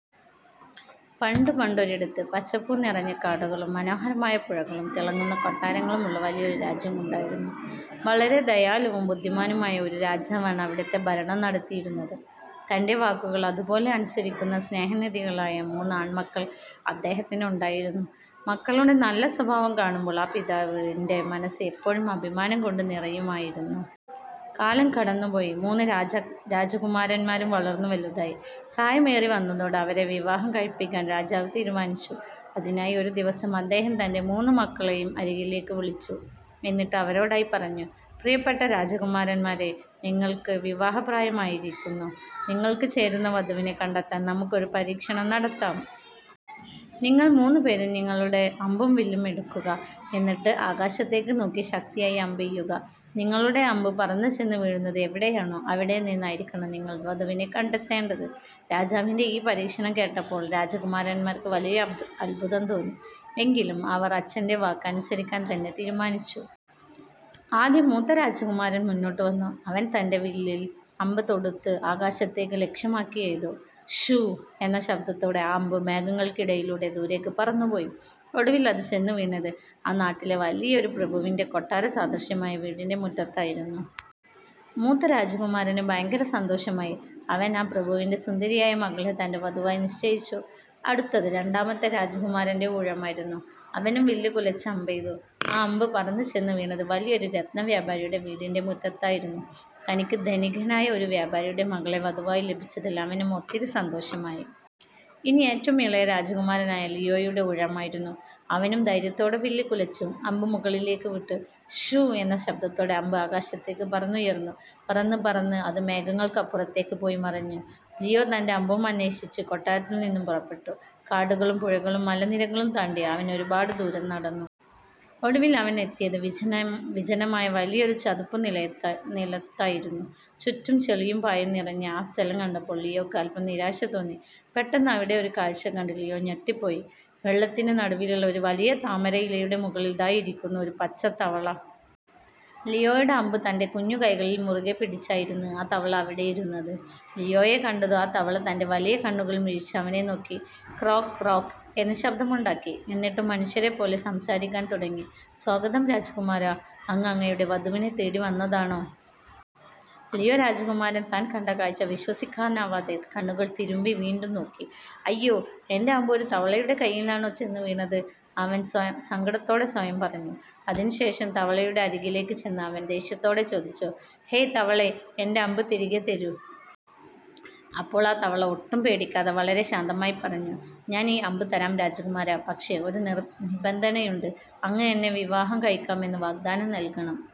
പണ്ടു പണ്ടൊരിടത്ത്, പച്ചപ്പുനിറഞ്ഞ കാടുകളും മനോഹരമായ പുഴകളും തിളങ്ങുന്ന കൊട്ടാരങ്ങളുമുള്ള വലിയൊരു രാജ്യമുണ്ടായിരുന്നു. വളരെ ദയാലുവും ബുദ്ധിമാനുമായ ഒരു രാജാവാണ് അവിടുത്തെ ഭരണം നടത്തിയിരുന്നത്. തന്റെ വാക്കുകൾ അതുപോലെ അനുസരിക്കുന്ന, സ്നേഹനിധികളായ മൂന്ന് ആൺമക്കൾ അദ്ദേഹത്തിനുണ്ടായിരുന്നു. മക്കളുടെ നല്ല സ്വഭാവം കാണുമ്പോൾ ആ പിതാവിന്റെ മനസ്സ് എപ്പോഴും അഭിമാനം കൊണ്ട് നിറയുമായിരുന്നു. കാലം കടന്നുപോയി, മൂന്ന് രാജ രാജ കുമാരന്മാരും വളർന്നു വലുതായി. പ്രായമേറിവന്നതോടെ അവരെ വിവാഹം കഴിപ്പിക്കാൻ രാജാവ് തീരുമാനിച്ചു. അതിനായി ഒരു ദിവസം അദ്ദേഹം തന്റെ മൂന്ന് മക്കളെയും അരികിലേക്ക് വിളിച്ചു. എന്നിട്ട് അവരോടായി പറഞ്ഞു: "പ്രിയപ്പെട്ട രാജകുമാരന്മാരേ, നിങ്ങൾക്ക് വിവാഹപ്രായമായിരിക്കുന്നു. നിങ്ങൾക്ക് ചേരുന്ന വധുവിനെ കണ്ടെത്താൻ നമുക്കൊരു പരീക്ഷണം നടത്താം. നിങ്ങൾ മൂന്നുപേരും നിങ്ങളുടെ അമ്പും വില്ലും എടുക്കുക. എന്നിട്ട് ആകാശത്തേക്ക് നോക്കി ശക്തിയായി അമ്പെയ്യുക. നിങ്ങളുടെ അമ്പ് പറന്നു ചെന്ന് വീഴുന്നത് എവിടെയാണോ, അവിടെ നിന്നായിരിക്കണം നിങ്ങൾ വധുവിനെ കണ്ടെത്തേണ്ടത്! " രാജാവിന്റെ ഈ പരീക്ഷണം കേട്ടപ്പോൾ രാജകുമാരന്മാർക്ക് വലിയ അത്ഭുതം തോന്നി. എങ്കിലും അവർ അച്ഛന്റെ വാക്ക് അനുസരിക്കാൻ തന്നെ തീരുമാനിച്ചു. ആദ്യം മൂത്ത രാജകുമാരൻ മുന്നോട്ട് വന്നു. അവൻ തന്റെ വില്ലിൽ അമ്പ് തൊടുത്ത് ആകാശത്തേക്ക് ലക്ഷ്യമാക്കി എയ്തു! 'ശൂ… ' എന്ന ശബ്ദത്തോടെ ആ അമ്പ് മേഘങ്ങൾക്കിടയിലൂടെ ദൂരേക്ക് പറന്നുപോയി. ഒടുവിൽ അത് ചെന്ന് വീണത് ആ നാട്ടിലെ വലിയൊരു പ്രഭുവിന്റെ കൊട്ടാരസദൃശ്യമായ വീടിന്റെ മുറ്റത്തായിരുന്നു. മൂത്ത രാജകുമാരന് ഭയങ്കര സന്തോഷമായി. അവൻ ആ പ്രഭുവിന്റെ സുന്ദരിയായ മകളെ തന്റെ വധുവായി നിശ്ചയിച്ചു. അടുത്തത് രണ്ടാമത്തെ രാജകുമാരന്റെ ഊഴമായിരുന്നു. അവനും വില്ലുകുലച്ച് അമ്പെയ്തു. ആ അമ്പ് പറന്നുചെന്ന് വീണത് വലിയൊരു രത്നവ്യാപാരിയുടെ വീടിന്റെ മുറ്റത്തായിരുന്നു. തനിക്ക് ധനികനായ ഒരു വ്യാപാരിയുടെ മകളെ വധുവായി ലഭിച്ചതിൽ അവനും ഒത്തിരി സന്തോഷമായി. ഇനി ഏറ്റവും ഇളയ രാജകുമാരനായ ലിയോയുടെ ഊഴമായിരുന്നു. അവനും ധൈര്യത്തോടെ വില്ല് കുലച്ച് അമ്പ് മുകളിലേക്ക് വിട്ടു! 'ശൂ… ' എന്ന ശബ്ദത്തോടെ അമ്പ് ആകാശത്തേക്ക് പറന്നുയർന്നു. പറന്നു പറന്ന്… അത് മേഘങ്ങൾക്കപ്പുറത്തേക്ക് പോയിമറഞ്ഞു. ലിയോ തന്റെ അമ്പും അന്വേഷിച്ച് കൊട്ടാരത്തിൽ നിന്നും പുറപ്പെട്ടു. കാടുകളും പുഴകളും മലനിരകളും താണ്ടി അവൻ ഒരുപാട് ദൂരം നടന്നു. ഒടുവിൽ, അവൻ എത്തിയത് വിജനമായ വലിയൊരു ചതുപ്പുനിലത്തായിരുന്നു. ചുറ്റും ചെളിയും പായലും നിറഞ്ഞ ആ സ്ഥലം കണ്ടപ്പോൾ ലിയോയ്ക്ക് അല്പം നിരാശ തോന്നി. പെട്ടെന്ന്, അവിടെയൊരു കാഴ്ച കണ്ട് ലിയോ ഞെട്ടിപ്പോയി! വെള്ളത്തിന് നടുവിലുള്ള ഒരു വലിയ താമരയിലയുടെ മുകളിൽ ദാ ഇരിക്കുന്നു ഒരു പച്ചത്തവള! ലിയോയുടെ അമ്പ് തന്റെ കുഞ്ഞു കൈകളിൽ മുറുകെപ്പിടിച്ചായിരുന്നു ആ തവള അവിടെ ഇരുന്നത്! ലിയോയെ കണ്ടതും ആ തവള തന്റെ വലിയ കണ്ണുകൾ മിഴിച്ച്, അവനെ നോക്കി 'ക്രോക്ക്… ക്രോക്ക്… ' എന്ന് ശബ്ദമുണ്ടാക്കി. എന്നിട്ട് മനുഷ്യരെപ്പോലെ സംസാരിക്കാൻ തുടങ്ങി: "സ്വാഗതം രാജകുമാരാ! അങ്ങ് അങ്ങയുടെ വധുവിനെ തേടി വന്നതാണോ? " ലിയോ രാജകുമാരൻ താൻ കണ്ട കാഴ്ച വിശ്വസിക്കാനാവാതെ കണ്ണുകൾ തിരുമ്മി വീണ്ടും നോക്കി! "അയ്യോ! എന്റെ അമ്പ് ഒരു തവളയുടെ കൈയിലാണോ ചെന്ന് വീണത്? " അവൻ സങ്കടത്തോടെ സ്വയം പറഞ്ഞു. അതിനുശേഷം തവളയുടെ അരികിലേക്ക് ചെന്ന് അവൻ ദേഷ്യത്തോടെ ചോദിച്ചു: "ഹേയ് തവളേ, എന്റെ അമ്പ് തിരികെ തരൂ. " അപ്പോൾ ആ തവള ഒട്ടും പേടിക്കാതെ, വളരെ ശാന്തമായി പറഞ്ഞു: "ഞാൻ ഈ അമ്പ് തരാം രാജകുമാരാ, പക്ഷേ, ഒരു നിർബന്ധനയുണ്ട്. അങ്ങ് എന്നെ വിവാഹം കഴിക്കാമെന്ന് വാഗ്ദാനം നൽകണം! "